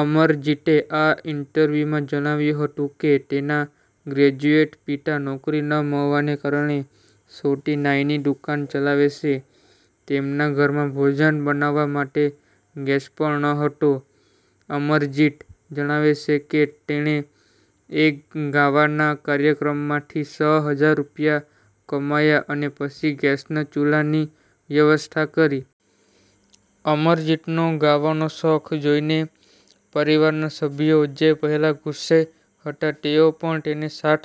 અમરજીતે આ ઈન્ટરવ્યુમાં જણાવ્યું હતું કે તેના ગ્રેજ્યુએટ પિતા નોકરી ન મળવાને કારણે છોટી નાઈની દુકાન ચલાવે છે. તેમના ઘરમાં ભોજન બનાવા માટે ગેસ પણ ન હતો. અમરજીત જણાવે છે કે તેણે એક ગાવાના કાર્યક્રમમાંથી છ હજાર રૂપિયા કમાયા અને પછી ગેસના ચૂલાની વ્યવસ્થા કરી. અમરજીતનો ગાવાનો શોખ જોઈને પરિવારના સભ્યો જે પહેલા ગુસ્સે હતા તેઓ પણ તેને સાથ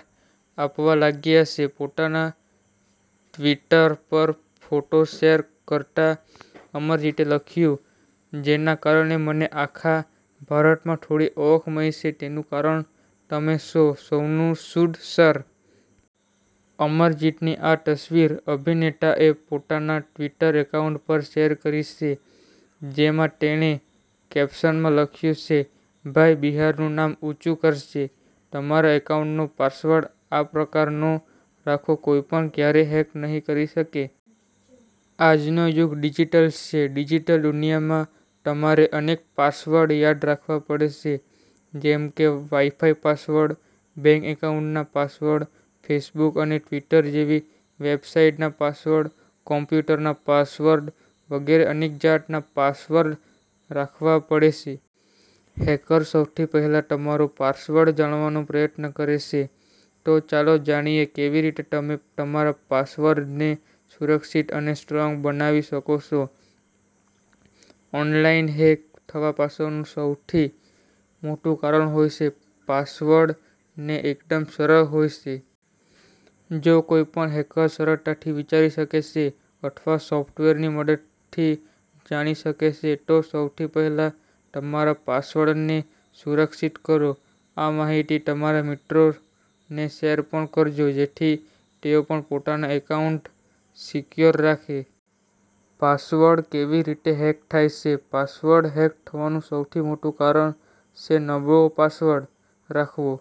આપવા લાગ્યા છે. પોતાના ટ્વિટર પર ફોટો શેર કરતા અમરજીતે લખ્યું જેના કારણે મને આખા ભારતમાં થોડી ઓળખ મળી છે, તેનું કારણ તમે છો સોનુ સૂદ સર. અમરજીતની આ તસવીર અભિનેતાએ પોતાના ટ્વિટર એકાઉન્ટ પર શેર કરી છે. જેમાં તેણે કેપ્શનમાં લખ્યું છે- ભાઈ બિહારનું નામ ઉંચું કરશે. તમારા એકાઉન્ટનો પાસવર્ડ આ પ્રકારનો રાખો- કોઇપણ ક્યારેય હેક નહી કરી શકે. આજ નો યુગ ડિજીટલ છે. ડિજીટલ દુનીયા માં તમારે અનેક પાસવર્ડ યાદ રાખવા પડે છે. જેમ કે વાઈ-ફાઈ પાસવર્ડ, બેંક એકાઉન્ટ ના પાસવર્ડ, ફેસબુક અને ટ્વીટર જેવી વેબસાઈટ ના પાસવર્ડ, કોમ્પ્યુટર ના પાસવર્ડ વગેરે અનેક જાત ના પાસવર્ડ રાખવા પડે છે. હેકર સૌથી પહેલા તમારો પાસવર્ડ જાણવાનો પ્રયત્ન કરે છે. તો ચાલો જાણીએ કેવી રીતે તમે તમારા પાસવર્ડ ને સુરક્ષીત અને સ્ટ્રોંગ બનાવી શકો છો. ઓનલાઈન હેક થવા પાછળ નું સૌથી મોટું કારણ હોય છે પાસવર્ડ ને એકદમ સરળ હોય છે. જે કોઈ પણ હેકર સરળતાથી વિચારી શકે છે અથવા સોફ્ટવેર ની મદદ થી જાણી શકે છે. તો સૌથી પેહલા તમારા પાસવર્ડ ને સુરક્ષીત કરો. આ માહિતી તમારા મિત્રોને શેર પણ કરજો જેથી તેઓ પણ પોતાના એકાઉન્ટ સિકયોર રાખે. પાસવર્ડ કેવી રીતે હેક થાય છે? પાસવર્ડ હેક થવાનું સૌથી મોટું કારણ છે નબળો પાસવર્ડ રાખવો.